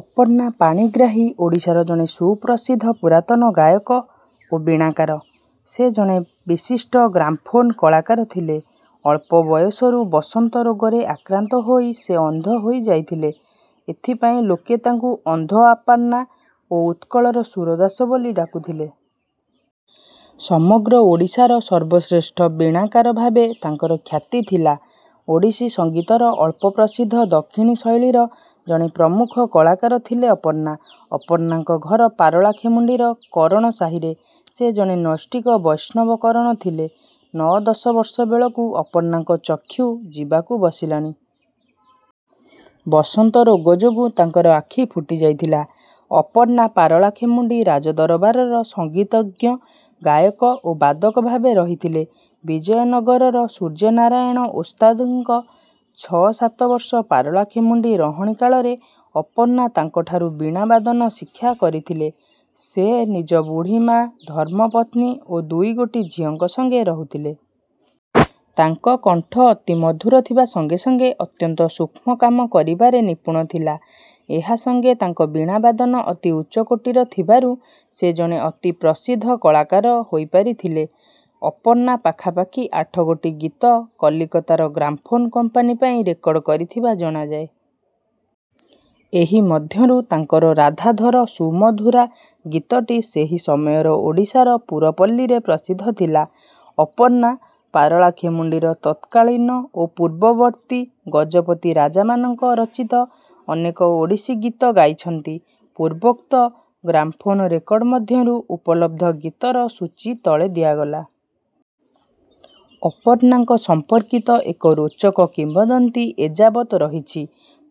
ଅପର୍ଣ୍ଣା ପାଣିଗ୍ରାହୀ ଓଡ଼ିଶାର ଜଣେ ସୁପ୍ରସିଦ୍ଧ ପୁରାତନ ଗାୟକ ଓ ବୀଣାକାର। ସେ ଜଣେ ବିଶିଷ୍ଟ ଗ୍ରାମ୍ଫୋନ କଳାକାର ଥିଲେ। ଅଳ୍ପ ବୟସରୁ ବସନ୍ତ ରୋଗରେ ଆକ୍ରାନ୍ତ ହୋଇ ସେ ଅନ୍ଧ ହୋଇଯାଇଥିଲେ। ଏଥିପାଇଁ ଲୋକେ ତାଙ୍କୁ 'ଅନ୍ଧ ଆପନ୍ନା' ଓ 'ଉତ୍କଳର ସୁରଦାସ' ବୋଲି ଡାକୁଥିଲେ। ସମଗ୍ର ଓଡ଼ିଶାର ସର୍ବଶ୍ରେଷ୍ଠ ବୀଣାକାର ଭାବେ ତାଙ୍କର ଖ୍ୟାତି ଥିଲା। ଓଡ଼ିଶୀ ସଙ୍ଗୀତର ଅଳ୍ପପ୍ରସିଦ୍ଧ ଦକ୍ଷିଣୀ ଶୈଳୀର ଜଣେ ପ୍ରମୁଖ କଳାକାର ଥିଲେ ଅପର୍ଣ୍ଣା। ଅପର୍ଣ୍ଣାଙ୍କ ଘର ପାରଳାଖେମୁଣ୍ଡିର କରଣ ସାହିରେ। ସେ ଜଣେ ନୈଷ୍ଠିକ ବୈଷ୍ଣବ କରଣ ଥିଲେ। ନଅ-ଦଶ ବର୍ଷ ବେଳକୁ ଅପର୍ଣ୍ଣାଙ୍କ ଚକ୍ଷୁ ଯିବାକୁ ବସିଲାଣି। ବସନ୍ତ ରୋଗ ଯୋଗୁଁ ତାଙ୍କର ଆଖି ଫୁଟିଯାଇଥିଲା। ଅପର୍ଣ୍ଣା ପାରଳାଖେମୁଣ୍ଡି ରାଜଦରବାରର ସଙ୍ଗୀତଜ୍ଞ, ଗାୟକ ଓ ବାଦକ ଭାବେ ରହିଥିଲେ। ବିଜୟନଗରର ସୂର୍ଯ୍ୟନାରାୟଣ ଓସ୍ତାଦଙ୍କ ଛଅ ସାତ ବର୍ଷ ପାରଳାଖେମୁଣ୍ଡି ରହଣି କାଳରେ ଅପର୍ଣ୍ଣା ତାଙ୍କଠାରୁ ବୀଣାବାଦନ ଶିକ୍ଷା କରିଥିଲେ। ସେ ନିଜ ବୁଢ଼ୀମା, ଧର୍ମପତ୍ନୀ ଓ ଦୁଇଗୋଟି ଝିଅଙ୍କ ସଙ୍ଗେ ରହୁଥିଲେ। ତାଙ୍କ କଣ୍ଠ ଅତି ମଧୁର ଥିବା ସଙ୍ଗେ ସଙ୍ଗେ ଅତ୍ୟନ୍ତ ସୂକ୍ଷ୍ମ କାମ କରିବାରେ ନିପୁଣ ଥିଲା। ଏହା ସଙ୍ଗେ ତାଙ୍କ ବୀଣାବାଦନ ଅତି ଉଚ୍ଚକୋଟିର ଥିବାରୁ ସେ ଜଣେ ଅତିପ୍ରସିଦ୍ଧ କଳାକାର ହୋଇପାରିଥିଲେ। ଅପର୍ଣ୍ଣା ପାଖାପାଖି ଆଠଗୋଟି ଗୀତ କଲିକତାର ଗ୍ରାମ୍ଫୋନ କମ୍ପାନୀ ପାଇଁ ରେକର୍ଡ଼ କରିଥିବା ଜଣାଯାଏ। ଏହି ମଧ୍ୟରୁ ତାଙ୍କର 'ରାଧାଧର ସୁମଧୁରା' ଗୀତଟି ସେହି ସମୟର ଓଡ଼ିଶାର ପୁରପଲ୍ଲୀରେ ପ୍ରସିଦ୍ଧ ଥିଲା। ଅପର୍ଣ୍ଣା ପାରଳାଖେମୁଣ୍ଡିର ତତ୍କାଳୀନ ଓ ପୂର୍ବବର୍ତ୍ତୀ ଗଜପତି ରାଜାମାନଙ୍କ ରଚିତ ଅନେକ ଓଡ଼ିଶୀ ଗୀତ ଗାଇଛନ୍ତି। ପୂର୍ବୋକ୍ତ ଗ୍ରାମ୍ଫୋନ ରେକର୍ଡ଼ ମଧ୍ୟରୁ ଉପଲବ୍ଧ ଗୀତର ସୂଚୀ ତଳେ ଦିଆଗଲା। ଅପର୍ଣ୍ଣାଙ୍କ ସମ୍ପର୍କିତ ଏକ ରୋଚକ କିମ୍ବଦନ୍ତୀ ଏଯାବତ୍ ରହିଛି।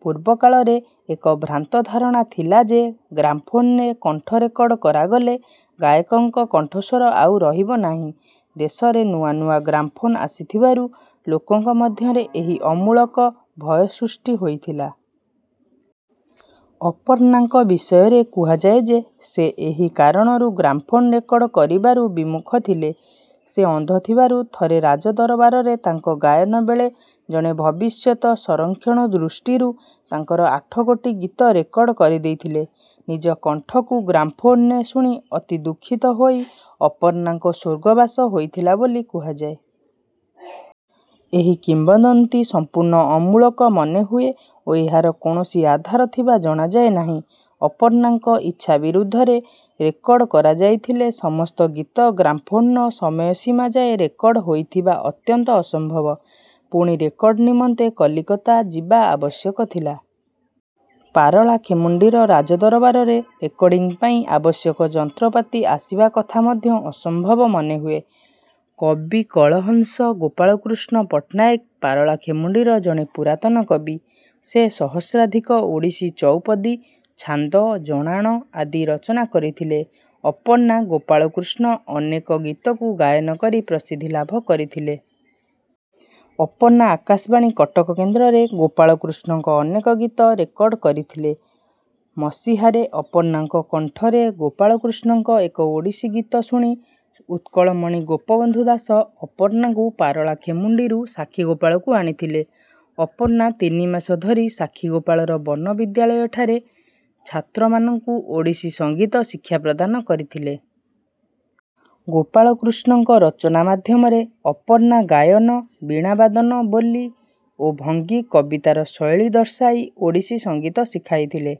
ପୂର୍ବକାଳରେ ଏକ ଭ୍ରାନ୍ତ ଧାରଣା ଥିଲା ଯେ ଗ୍ରାମ୍ଫୋନରେ କଣ୍ଠ ରେକର୍ଡ଼ କରାଗଲେ ଗାୟକଙ୍କ କଣ୍ଠସ୍ୱର ଆଉ ରହିବ ନାହିଁ। ଦେଶରେ ନୂଆ ନୂଆ ଗ୍ରାମ୍ଫୋନ ଆସିଥିବାରୁ ଲୋକଙ୍କ ମଧ୍ୟରେ ଏହି ଅମୂଳକ ଭୟ ସୃଷ୍ଟି ହୋଇଥିଲା। ଅପର୍ଣ୍ଣାଙ୍କ ବିଷୟରେ କୁହାଯାଏ ଯେ ସେ ଏହି କାରଣରୁ ଗ୍ରାମ୍ଫୋନ ରେକର୍ଡ଼ କରିବାରୁ ବିମୁଖ ଥିଲେ। ସେ ଅନ୍ଧ ଥିବାରୁ ଥରେ ରାଜଦରବାରରେ ତାଙ୍କ ଗାୟନ ବେଳେ ଜଣେ ଭବିଷ୍ୟତ ସଂରକ୍ଷଣ ଦୃଷ୍ଟିରୁ ତାଙ୍କର ଆଠଗୋଟି ଗୀତ ରେକର୍ଡ଼ କରିଦେଇଥିଲେ। ନିଜ କଣ୍ଠକୁ ଗ୍ରାମ୍ଫୋନରେ ଶୁଣି ଅତିଦୁଃଖିତ ହୋଇ ଅପର୍ଣ୍ଣାଙ୍କ ସ୍ୱର୍ଗବାସ ହୋଇଥିଲା ବୋଲି କୁହାଯାଏ। ଏହି କିମ୍ବଦନ୍ତୀ ସମ୍ପୂର୍ଣ୍ଣ ଅମୂଳକ ମନେ ହୁଏ ଓ ଏହାର କୌଣସି ଆଧାର ଥିବା ଜଣାଯାଏ ନାହିଁ। ଅପର୍ଣ୍ଣାଙ୍କ ଇଚ୍ଛା ବିରୁଦ୍ଧରେ ରେକର୍ଡ଼ କରାଯାଇଥିଲେ ସମସ୍ତ ଗୀତ ଗ୍ରାମ୍ଫୋନର ସମୟ ସୀମା ଯାଏଁ ରେକର୍ଡ଼ ହୋଇଥିବା ଅତ୍ୟନ୍ତ ଅସମ୍ଭବ। ପୁଣି ରେକର୍ଡ଼ ନିମନ୍ତେ କଲିକତା ଯିବା ଆବଶ୍ୟକ ଥିଲା। ପାରଳାଖେମୁଣ୍ଡିର ରାଜଦରବାରରେ ରେକର୍ଡ଼ିଂ ପାଇଁ ଆବଶ୍ୟକ ଯନ୍ତ୍ରପାତି ଆସିବା କଥା ମଧ୍ୟ ଅସମ୍ଭବ ମନେ ହୁଏ। କବିକଳହଂସ ଗୋପାଳକୃଷ୍ଣ ପଟ୍ଟନାୟକ ପାରଳାଖେମୁଣ୍ଡିର ଜଣେ ପୁରାତନ କବି। ସେ ସହସ୍ରାଧିକ ଓଡ଼ିଶୀ ଚଉପଦୀ, ଛାନ୍ଦ, ଜଣାଣ ଆଦି ରଚନା କରିଥିଲେ। ଅପର୍ଣ୍ଣା ଗୋପାଳକୃଷ୍ଣ ଅନେକ ଗୀତକୁ ଗାୟନ କରି ପ୍ରସିଦ୍ଧି ଲାଭ କରିଥିଲେ। ଅପର୍ଣ୍ଣା ଆକାଶବାଣୀ କଟକ କେନ୍ଦ୍ରରେ ଗୋପାଳକୃଷ୍ଣଙ୍କ ଅନେକ ଗୀତ ରେକର୍ଡ଼ କରିଥିଲେ। ମସିହାରେ ଅପର୍ଣ୍ଣାଙ୍କ କଣ୍ଠରେ ଗୋପାଳକୃଷ୍ଣଙ୍କ ଏକ ଓଡ଼ିଶୀ ଗୀତ ଶୁଣି ଉତ୍କଳମଣି ଗୋପବନ୍ଧୁ ଦାସ ଅପର୍ଣ୍ଣାଙ୍କୁ ପାରଳାଖେମୁଣ୍ଡିରୁ ସାକ୍ଷୀଗୋପାଳକୁ ଆଣିଥିଲେ। ଅପର୍ଣ୍ଣା ତିନି ମାସ ଧରି ସାକ୍ଷୀଗୋପାଳର ବନବିଦ୍ୟାଳୟଠାରେ ଛାତ୍ରମାନଙ୍କୁ ଓଡ଼ିଶୀ ସଙ୍ଗୀତ ଶିକ୍ଷା ପ୍ରଦାନ କରିଥିଲେ। ଗୋପାଳକୃଷ୍ଣଙ୍କ ରଚନା ମାଧ୍ୟମରେ ଅପର୍ଣ୍ଣା ଗାୟନ, ବୀଣା ବାଦନ, ବୋଲି ଓ ଭଙ୍ଗୀ କବିତାର ଶୈଳୀ ଦର୍ଶାଇ ଓଡ଼ିଶୀ ସଙ୍ଗୀତ ଶିଖାଇଥିଲେ।